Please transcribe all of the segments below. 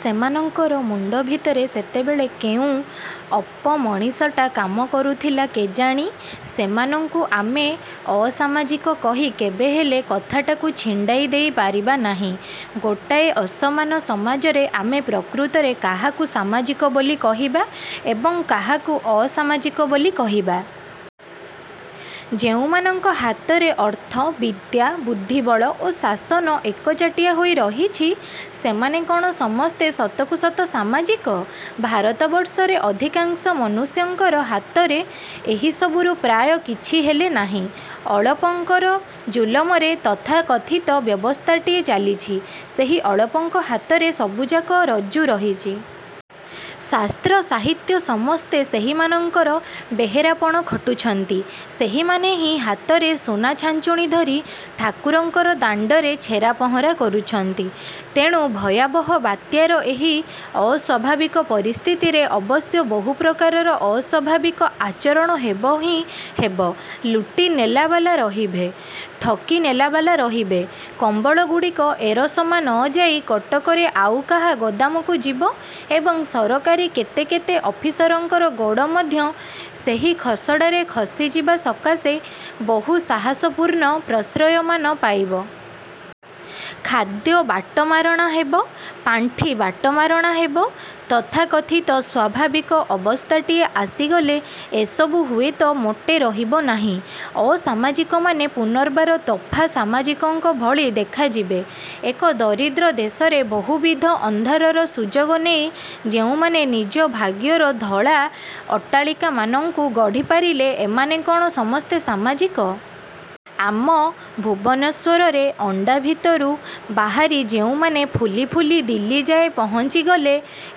ସେମାନଙ୍କର ମୁଣ୍ଡ ଭିତରେ ସେତେବେଳେ କେଉଁ ଅପମଣିଷଟା କାମ କରୁଥିଲା କେଜାଣି? ସେମାନଙ୍କୁ ଆମେ ଅସାମାଜିକ କହି କେବେହେଲେ କଥାଟାକୁ ଛିଣ୍ଡାଇ ଦେଇ ପାରିବା ନାହିଁ। ଗୋଟାଏ ଅସମାନ ସମାଜରେ ଆମେ ପ୍ରକୃତରେ କାହାକୁ ସାମାଜିକ ବୋଲି କହିବା ଏବଂ କାହାକୁ ଅସାମାଜିକ ବୋଲି କହିବା? ଯେଉଁମାନଙ୍କ ହାତରେ ଅର୍ଥ, ବିଦ୍ୟା, ବୁଦ୍ଧିବଳ ଓ ଶାସନ ଏକଚାଟିଆ ହୋଇ ରହିଛି, ସେମାନେ କ'ଣ ସମସ୍ତେ ସତକୁ ସତ ସାମାଜିକ-? ଭାରତବର୍ଷରେ ଅଧିକାଂଶ ମନୁଷ୍ୟଙ୍କର ହାତରେ ଏହିସବୁରୁ ପ୍ରାୟ କିଛିହେଲେ ନାହିଁ-। ଅଳପଙ୍କର ଜୁଲମରେ ତଥାକଥିତ ବ୍ୟବସ୍ଥାଟିଏ ଚାଲିଛି। ସେହି ଅଳପଙ୍କ ହାତରେ ସବୁଯାକ ରଜ୍ଜୁ ରହିଛି। ଶାସ୍ତ୍ର, ସାହିତ୍ୟ ସମସ୍ତେ ସେହିମାନଙ୍କର ବେହେରାପଣ ଖଟୁଛନ୍ତି। ସେହିମାନେ ହିଁ ହାତରେ ସୁନାଛାଞ୍ଚୁଣି ଧରି ଠାକୁରଙ୍କର ଦାଣ୍ଡରେ ଛେରାପହଁରା କରୁଛନ୍ତି। ତେଣୁ ଭୟାବହ ବାତ୍ୟାର ଏହି ଅସ୍ୱାଭାବିକ ପରିସ୍ଥିତିରେ ଅବଶ୍ୟ ବହୁ ପ୍ରକାରର ଅସ୍ୱାଭାବିକ ଆଚରଣ ହେବ ହିଁ ହେବ। ଲୁଟି ନେଲାବାଲା ରହିବେ, ଠକି ନେଲାବାଲା ରହିବେ, କମ୍ବଳଗୁଡ଼ିକ ଏରସମା ନଯାଇ କଟକରେ ଆଉ କାହା ଗୋଦାମକୁ ଯିବ ଏବଂ ସରକାରୀ କେତେ କେତେ ଅଫିସରଙ୍କର ଗୋଡ଼ ମଧ୍ୟ ସେହି ଖସଡ଼ାରେ ଖସି ଯିବା ସକାଶେ ବହୁ ସାହସପୂର୍ଣ୍ଣ ପ୍ରଶ୍ରୟମାନ ପାଇବ। ଖାଦ୍ୟ ବାଟମାରଣା ହେବ, ପାଣ୍ଠି ବାଟମାରଣା ହେବ। ତଥାକଥିତ ସ୍ୱାଭାବିକ ଅବସ୍ଥାଟିଏ ଆସିଗଲେ ଏସବୁ ହୁଏତ ମୋଟେ ରହିବନାହିଁ। ଅସାମାଜିକମାନେ ପୁନର୍ବାର ତୋଫା ସାମାଜିକଙ୍କ ଭଳି ଦେଖାଯିବେ। ଏକ ଦରିଦ୍ର ଦେଶରେ ବହୁବିଧ ଅନ୍ଧାରର ସୁଯୋଗ ନେଇ ଯେଉଁମାନେ ନିଜ ଭାଗ୍ୟର ଧଳା ଅଟ୍ଟାଳିକାମାନଙ୍କୁ ଗଢ଼ି ପାରିଲେ, ଏମାନେ କ'ଣ ସମସ୍ତେ ସାମାଜିକ? ଆମ ଭୁବନେଶ୍ୱରରେ ଅଣ୍ଡା ଭିତରୁ ବାହାରି ଯେଉଁମାନେ ଫୁଲି ଫୁଲି ଦିଲ୍ଲୀଯାଏ ପହଞ୍ଚିଗଲେ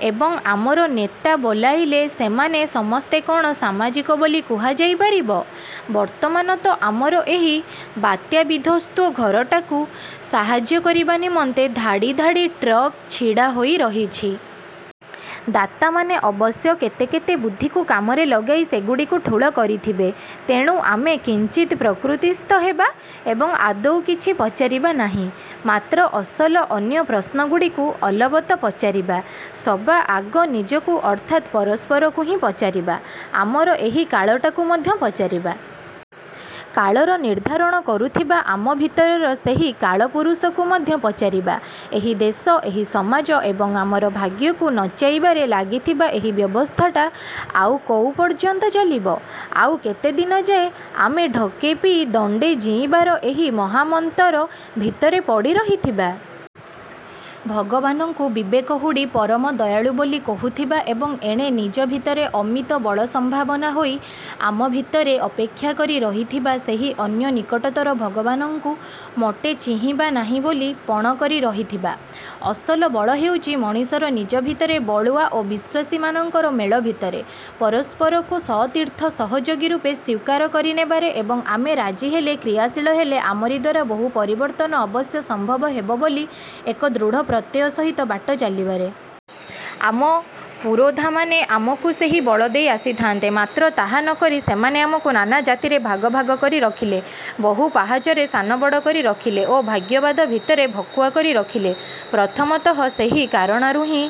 ଏବଂ ଆମର ନେତା ବୋଲାଇଲେ, ସେମାନେ ସମସ୍ତେ କ'ଣ ସାମାଜିକ ବୋଲି କୁହାଯାଇ ପାରିବ? ବର୍ତ୍ତମାନ ତ ଆମର ଏହି ବାତ୍ୟାବିଧ୍ୱସ୍ତ ଘରଟାକୁ ସାହାଯ୍ୟ କରିବା ନିମନ୍ତେ ଧାଡ଼ି ଧାଡ଼ି ଟ୍ରକ୍ ଛିଡ଼ା ହୋଇରହିଛି। ଦାତାମାନେ ଅବଶ୍ୟ କେତେକେତେ ବୁଦ୍ଧିକୁ କାମରେ ଲଗାଇ ସେଗୁଡ଼ିକୁ ଠୁଳ କରିଥିବେ। ତେଣୁ ଆମେ କିଞ୍ଚିତ୍ ପ୍ରକୃତିସ୍ଥ ହେବା ଏବଂ ଆଦୌ କିଛି ପଚାରିବା ନାହିଁ। ମାତ୍ର, ଅସଲ ଅନ୍ୟ ପ୍ରଶ୍ନଗୁଡ଼ିକୁ ଅଲବତ ପଚାରିବା। ସବା ଆଗ ନିଜକୁ ଅର୍ଥାତ୍ ପରସ୍ପରକୁ ହିଁ ପଚାରିବା। ଆମର ଏହି କାଳଟାକୁ ମଧ୍ୟ ପଚାରିବା। କାଳର ନିର୍ଦ୍ଧାରଣ କରୁଥିବା ଆମ ଭିତରର ସେହି କାଳପୁରୁଷକୁ ମଧ୍ୟ ପଚାରିବା। ଏହି ଦେଶ, ଏହି ସମାଜ ଏବଂ ଆମର ଭାଗ୍ୟକୁ ନଚାଇବାରେ ଲାଗିଥିବା ଏହି ବ୍ୟବସ୍ଥାଟା ଆଉ କୋଉ ପର୍ଯ୍ୟନ୍ତ ଚାଲିବ? ଆଉ କେତେଦିନ ଯାଏ ଆମେ ଢୋକେ ପିଇ ଦଣ୍ଡେ ଜୀଇବାର ଏହି ମହାମନ୍ତର ଭିତରେ ପଡ଼ି ରହିଥିବା-? ଭଗବାନଙ୍କୁ ବିବେକ ହୁଡ଼ି ପରମ ଦୟାଳୁ ବୋଲି କହୁଥିବା ଏବଂ ଏଣେ ନିଜ ଭିତରେ ଅମିତ ବଳସମ୍ଭାବନା ହୋଇ ଆମ ଭିତରେ ଅପେକ୍ଷା କରି ରହିଥିବା ସେହି ଅନ୍ୟ ନିକଟତର ଭଗବାନଙ୍କୁ ମୋଟେ ଚିହିଁବା ନାହିଁ ବୋଲି ପଣ କରି ରହିଥିବା? ଅସଲ ବଳ ହେଉଛି ମଣିଷର ନିଜ ଭିତରେ, ବଳୁଆ ଓ ବିଶ୍ୱାସୀ ମାନଙ୍କର ମେଳ ଭିତରେ, ପରସ୍ପରକୁ ସତୀର୍ଥ ସହଯୋଗୀ ରୂପେ ସ୍ୱୀକାର କରିନେବାରେ ଏବଂ ଆମେ ରାଜି ହେଲେ, କ୍ରିୟାଶୀଳ ହେଲେ ଆମରି ଦ୍ୱାରା ବହୁ ପରିବର୍ତ୍ତନ ଅବଶ୍ୟ ସମ୍ଭବ ହେବ ବୋଲି ଏକ ଦୃଢ଼ ପ୍ରତ୍ୟୟ ସହିତ ବାଟ ଚାଲିବାରେ। ଆମ ପୁରୋଧାମାନେ ଆମକୁ ସେହି ବଳ ଦେଇ ଆସିଥାନ୍ତେ। ମାତ୍ର ତାହା ନକରି ସେମାନେ ଆମକୁ ନାନା ଜାତିରେ ଭାଗ ଭାଗ କରି ରଖିଲେ, ବହୁ ପାହାଚରେ ସାନବଡ଼ କରି ରଖିଲେ ଓ ଭାଗ୍ୟବାଦ ଭିତରେ ଭକୁଆ କରି ରଖିଲେ। ପ୍ରଥମତଃ ସେହି କାରଣରୁ ହିଁ